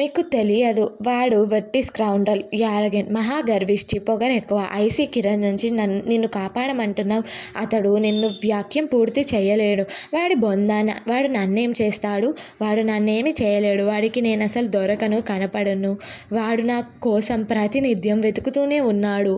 మీకు తెలియదు. వాడు వట్టి స్కౌండ్రల్, యారోగంట్. మహాగర్విష్టి. పొగరెక్కువ. ఐసీ కిరణ్ నుంచి నిన్నుకాపాడమంటున్నావ్. అతడు నిన్ను వాక్యం పూర్తి చెయ్యలేదు. వాడి బొంద. వాడు నన్నేం చేస్తాడు? వాడు నన్నేమీ చేయలేడు. వాడికి నేనసలు దొరకను, కనపడను. వాడునా కోసం ప్రతి నిత్యం వెదుకుతూనే వున్నాడు.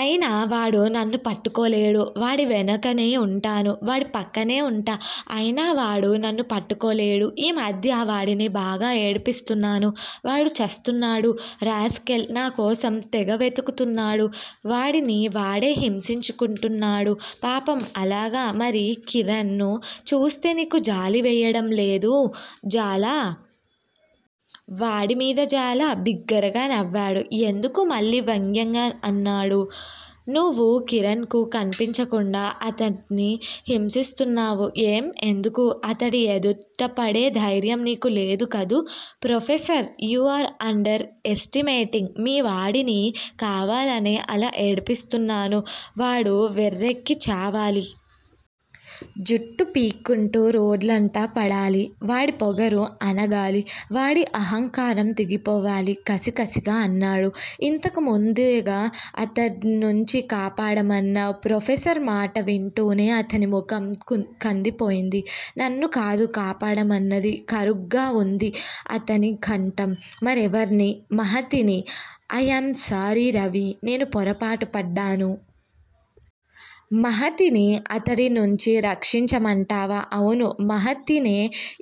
అయినా వాడు నన్నుపట్టుకోలేడు. వాడి వెనకే ఉంటాను. వాడి పక్కనే ఉంటా. అయినావాడు నన్ను పట్టుకోలేడు. ఈ మధ్య వాడిని బాగా ఏడ్పిస్తున్నాను. వాడు చస్తున్నాడు రాస్కెల్. నాకోసం తెగవెతుకుతున్నాడు. వాడిని వాడే హింసించుకుంటున్నాడు. పాపం అలాగా? మరి కిరణ్ ను చూస్తే నీకు జాలి వెయ్యడం లేదూ జాలా? వాడి మీద జాలా? బిగ్గరగా నవ్వాడు. ఎందుకూ మళ్ళీ వ్యంగ్యంగా అన్నాడు. నువు కిరణ్ కు కన్పించకుండా అతడ్ని హింసిస్తున్నావు. ఏం ఎందుకు? అతడి ఎదుటపడే ధైర్యం నీకు లేదుకదూ. Professor! You are underestimating me. వాడిని కావాలనే అలా ఏడ్పిస్తున్నాను. వాడు వెర్రెక్కి చావాలి. జుట్టు పీక్కుంటూ రోడ్లంట పడాలి. వాడిపొగరు అణగాలి. వాడి అహంకారందిగిపోవాలి కసికసిగా అన్నాడు. ఇంతకు ముందేగా అతడ్నుంచికాపాడమన్నావ్? ప్రొఫెసర్ మాట వింటూనే అతని ముఖం కందిపోయింది. నన్ను కాదు కాపాడమన్నది కరుగ్గా వుంది అతని కంఠం. మరెవర్ని? మహతిని ఐయామ్ సారీ రవి! నేను పొరపాటు పడ్డాను. మహతిని అతడి నుంచి రక్షించమంటావా? అవును. మహతినే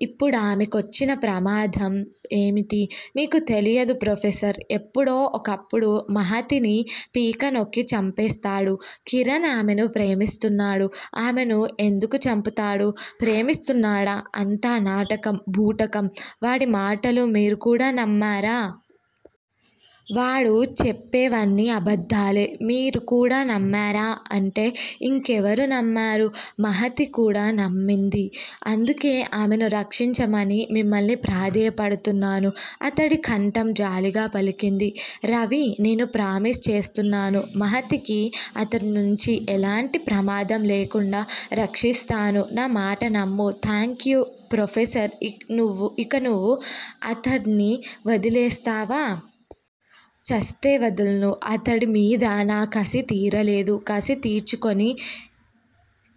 ఇప్పుడామె కొచ్చిన ప్రమాదం ఏమిటి? మీకు తెలియదు ప్రొఫెసర్. ఎప్పుడో ఒకప్పుడు మహతిని పీక నొక్కి చంపేస్తాడు. కిరణ్ ఆమెను ప్రేమిస్తున్నాడు. ఆమెను ఎందుకు చంపుతాడు? ప్రేమిస్తున్నాడా? అంతా నాటకం. బూటకం. వాడి మాటలు మీరు కూడా నమ్మారా? వాడుచెప్పేవన్నీ అబద్దాలే మీరు కూడా నమ్మారా అంటే ఇంకెవరు నమ్మారు? మహతి కూడానమ్మింది. అందుకే ఆమెను రక్షించమని మిమ్మల్ని ప్రాధేయ పడుతున్నాను అతడి కంఠం జాలిగా పలికింది. రవి, నేను ప్రామిస్ చేస్తున్నాను. మహతికి అతడ్నుంచి ఎలాంటి ప్రమాదం లేకుండా రక్షిస్తాను. నా మాట నమ్ము థాంక్యూ, ప్రొఫెసర్ ఇక నువు అతడ్ని వొదిలేస్తావా? ఛస్తే వదల్ను. అతడి మీద నా కసి తీరలేదు. కసి తీర్చుకొని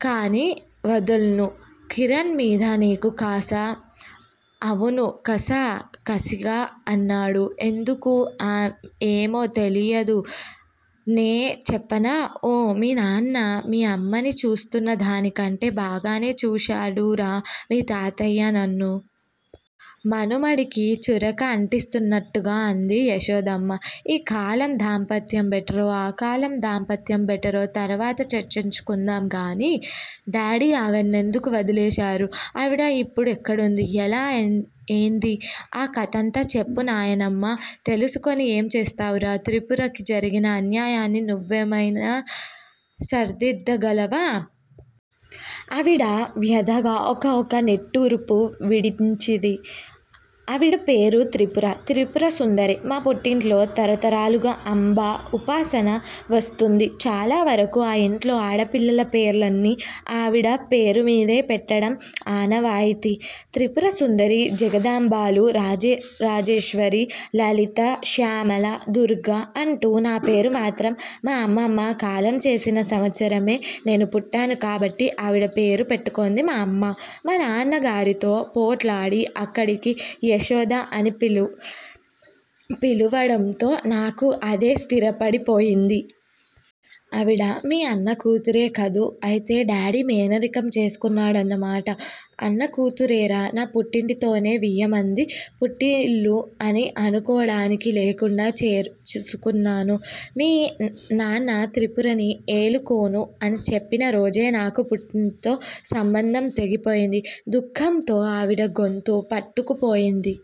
కాని వదల్ను కిరణ్ మీద నీకు కసా? అవును కస కసిగా అన్నాడు. ఎందుకూ ఏమో తెలియదు నే చెప్పనా? ఊ। మీ నాన్న మీ అమ్మని చూస్తున్న దానికంటే బాగానే చూశాడురా మీ తాతయ్య నన్ను! మనుమడికి చురక అంటిస్తూన్నట్టుగా అంది యశోదమ్మ. ఈ కాలం దాంపత్యం బెటరో, ఆ కాలం దాంపత్యం బెటరో తరువాత చర్చించుకుందాంగాని డాడి ఆవణ్నేందుకు వదిలేశారు? ఆవిడ ఇప్పుడు ఎక్కడుంది? ఎలా ఎంది? ఆ కథంతా చెప్పు నాయనమ్మ! తెలుసుకొని ఏం చేస్తావురా? త్రిపురకి జరిగిన అన్యాయాన్ని నువ్వెమ్తెన సరిదిద్ధగాలవా? ఆవిడ వ్యదగా ఒక ఒక నిట్టూర్పు విడించిది. ఆవిడ పేరు త్రిపురా? త్రిపురసుందరి మా పుట్టింట్లో తరతరాలుగా అంబ ఉపాసన వస్తూంది చాలావరకు ఆ ఇంట్లో ఆడపిల్లల పేర్లన్నీ ఆవిడ పేరుమీదే పెట్టడం ఆనవాయితి! త్రిపురసుందరి. జగదాంబాలు, రాజరాజేశ్వరి, లలిత, శ్యామల, దుర్గా అంటూ. నాపేరు మాత్రం మా అమ్మమ్మ కాలంచేసిన సంవత్సరమే నేను పుట్టాను కాబట్టి ఆవిడ పేరు పెట్టుకొంది మా అమ్మ, మానాన్న గారితో పోట్లాడి, అక్కడికి యశోద అని పిలువడంతో నాకు అదే స్ధిరపడి పోయింది! ఆవిడ మీ అన్నకూతురే కదూ? అయితే డాడి మేనరికం చేసుకొన్నాడన్న మాట! అన్నకుతురేరా! నా పుట్టింటితోనే వియ్యమంది పుట్టిల్లు అని అనుకోడానికి లేకుండా చేసుకొన్నాను! మీ నాన్న త్రిపురని ఎలుకోను అని చెప్పిన రోజే నాకు పుట్టింటితో సంబంధం తెగిపోయింది! దుఃఖం తో ఆవిడ గొంతు పట్టుకుపోయింది.